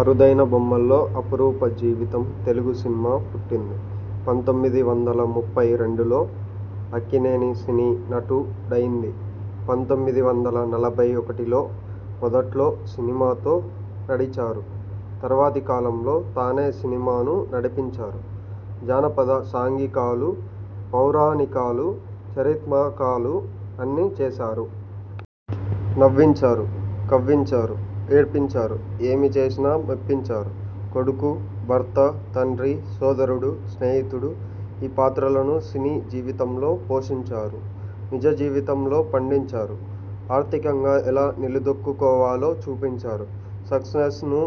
అరుదైన బొమ్మల్లో అపురూప జీవితం తెలుగు సినిమా పుట్టింది పంతొమ్మిది వందల ముప్పై రెండులో! అక్కినేని సినీ నటు డైంది పంతొమ్మిది వందల నలభై ఒకటిలో! మొదట్లో సినిమాతో నడిచారు! తర్వాతి కాలంలో తానే సినిమాను నడిపించారు! జాన పదాలు సాంఘికాలు పౌరాణికాలు చరిత్రాత్మకాలు అన్నీ చేశారు! నవ్వించారు కవ్వించారు ఏడ్పించారు ఏమి చేసినా మెప్పించారు! కొడుకు ,భర్త, తండ్రి ,సోదరుడు, స్నేహితుడు ఈ పాత్రలను సినీ జీవితంలో పోషించారు నిజ జీవితంలో పండించారు! ఆర్థికంగా ఎలా నిలదొక్కుకోవాలో చూపారు! సక్సెస్ను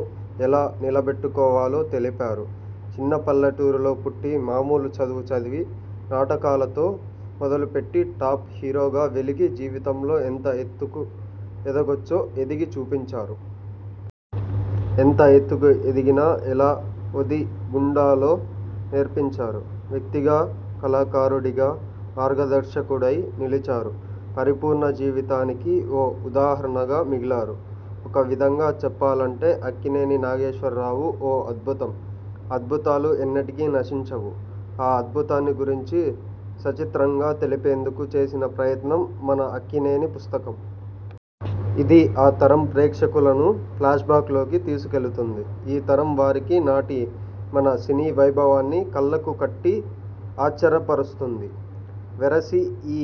ఎలా నిల బెట్టుకోవాలో తెలిపారు! చిన్న పల్లెటూరులో పుట్టి మామూలు చదువు చదివి నాటకాలతో మొదలు పెట్టి టాప్ హీరోగా వెలిగి జీవితంలో ఎంత ఎత్తుకు ఎదగొచ్చో ఎదిగి చూపించారు! ఎంత ఎత్తుకు ఎదిగినా ఎలా ఒది గుండాలో నేర్పించారు! వ్యక్తిగా కళాకారుడిగా మార్గదర్శకుడై నిలిచారు! పరిపూర్ణ జీవితానికి ఓ ఉదాహరణగా మిగిలారు! ఒక విధంగా చెప్పాలంటే అక్కినేని నాగేశ్వరరావు ఓ అద్భుతం! అద్భుతాలు ఎన్నటికీ నశించవు! ఆ అద్భుతాన్ని గురించి సచిత్రంగా తెలిపేందుకు చేసిన ప్రయత్నం మన అక్కినేని పుస్తకం! ఇది ఆ తరం ప్రేక్షకులను ఫ్లాష్ బ్యాక్ లోకి తీసుకుకెళుతుంది. ఈ తరం వారికి నాటి మన సినీ వైభవాన్ని కళ్ళకు కట్టి, ఆశ్చర్యపరుస్తుంది. వెరసి ఈ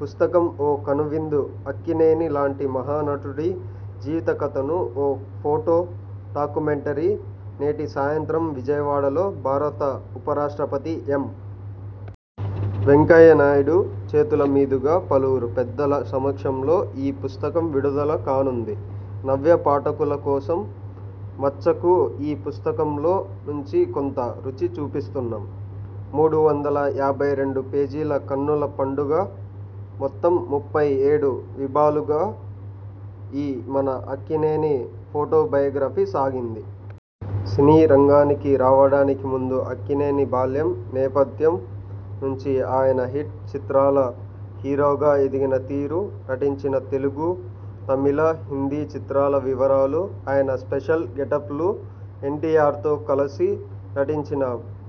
పుస్తకం ఓ కనువిందు అక్కినేని లాంటి మహానటుడి జీవిత కథను ఓ ఫోటో డాక్యుమెంటరీ. నేటి సాయంత్రం విజయవాడలో భారత ఉపరాష్ట్రపతి ఎం. వెంకయ్యనాయుడు చేతుల మీదుగా పలువురు పెద్దల సమక్షంలో ఈ పుస్తకం విడుదల కానుంది. నవ్య పాఠకుల కోసం మచ్చుకు ఈ పుస్తకంలో నుంచి కొంత రుచి చూపిస్తున్నాం. మూడు వందల యాభై రెండు పేజీల కన్నుల పండుగ మొత్తం ముప్పై ఏడు విభాలుగా ఈ మన అక్కినేని ఫోటో బయోగ్రఫీ సాగింది. సినీ రంగానికి రావడానికి ముందు అక్కినేని బాల్యం, నేపథ్యం నుంచి ఆయన హిట్ చిత్రాల హీరోగా ఎదిగిన తీరు, నటించిన తెలుగు, తమిళ, హిందీ చిత్రాల వివరాలు, ఆయన స్పెషల్ గెట్పలు, ఎన్టీయార్తో కలసి నటించిన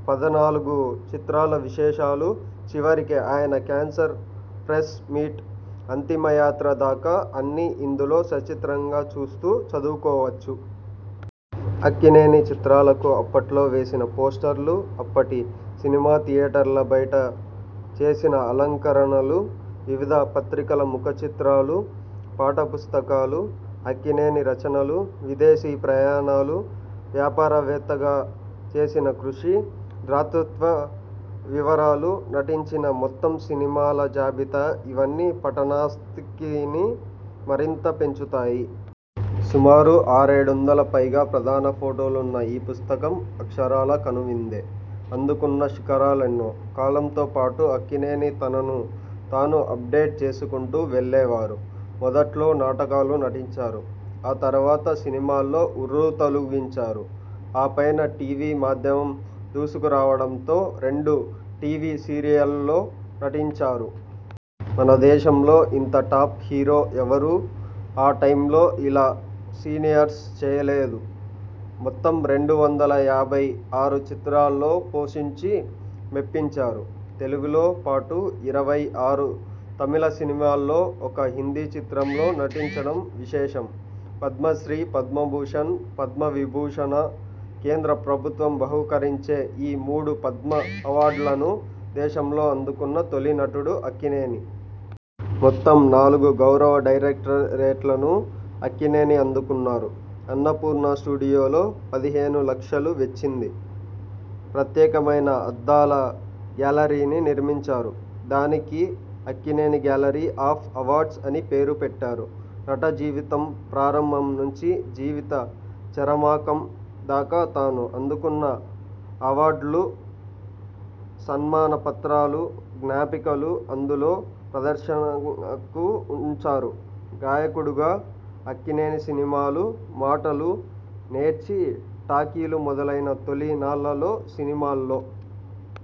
పద్నాలుగు చిత్రాల విశేషాలు, చివరికి ఆయన క్యాన్సర్ ప్రెస్ మీట్, అంతిమ యాత్ర దాకా అన్నీ ఇందులో సచిత్రంగా చూస్తూ, చదువుకోవచ్చు. అక్కినేని చిత్రాలకు అప్పట్లో వేసిన పోస్టర్లు, అప్పటి సినిమా థియేటర్ల బయట చేసిన అలంకరణలు, వివిధ పత్రికల ముఖ చిత్రాలు, పాటల పుస్తకాలు, అక్కినేని రచనలు, విదేశీ ప్రయాణాలు, వ్యాపార వేత్తగా చేసిన కృషి, దాతృత్వ వివరాలు, నటించిన మొత్తం సినిమాల జాబితా ఇవన్నీ పఠనాసక్తిని మరింత పెంచుతాయి. సుమారు ఆరేడొందల పైగా ప్రధాన ఫోటోలున్న ఈ పుస్తకం అక్షరాలా కనువిందే! అందుకున్న శిఖరాలెన్నో! కాలంతో పాటు అక్కినేని తనను తాను అప్ డేట్ చేసుకుంటూ వెళ్ళేవారు. మొదట్లో నాటకాలు నటించారు. ఆ తర్వాత సినిమాల్లో ఉర్రూతలూగించారు. ఆ పైన టీవీ మాధ్యమం దూసుకురావడంతో రెండు టీవీ సీరియల్స్లో నటించారు. మన దేశంలో ఇంత టాప్ హీరో ఎవరూ ఆ టైమ్లో ఇలా సీరియల్స్ చేయలేదు. మొత్తం రెండు వందల యాభై ఆరు చిత్రాల్లో పోషించి, మెప్పించారు. తెలుగుతో పాటు ఇరవై ఆరు తమిళ సినిమాల్లో, ఒక హిందీ చిత్రం లో నటించడం విశేషం. పద్మశ్రీ, పద్మభూషణ్, పద్మ విభూషణ కేంద్ర ప్రభుత్వం బహూకరించే ఈ మూడు 'పద్మ' అవార్డులనూ దేశంలో అందుకున్న తొలి నటుడు అక్కినేని. మొత్తం నాలుగు గౌరవ డాక్టరేట్లను అక్కినేని అందుకున్నారు. అన్నపూర్ణ స్టూడియోలో పదిహేను లక్షలు వెచ్చించి, ప్రత్యేకమైన అద్దాల గ్యాలరీని నిర్మించారు. దానికి అక్కినేని గ్యాలరీ ఆఫ్ అవార్డ్స్ అని పేరు పెట్టారు. నట జీవితం ప్రారంభం నుంచి జీవిత చరమాంకం దాకా తాను అందుకున్న అవార్డులు, సన్మాన పత్రాలు, జ్ఞాపికలు అందులో ప్రదర్శనకు ఉంచారు. గాయకుడుగా అక్కినేనిసినిమాలు మాటలు నేర్చి, టాకీలు మొదలైన తొలినాళ్ళలో సినిమాల్లో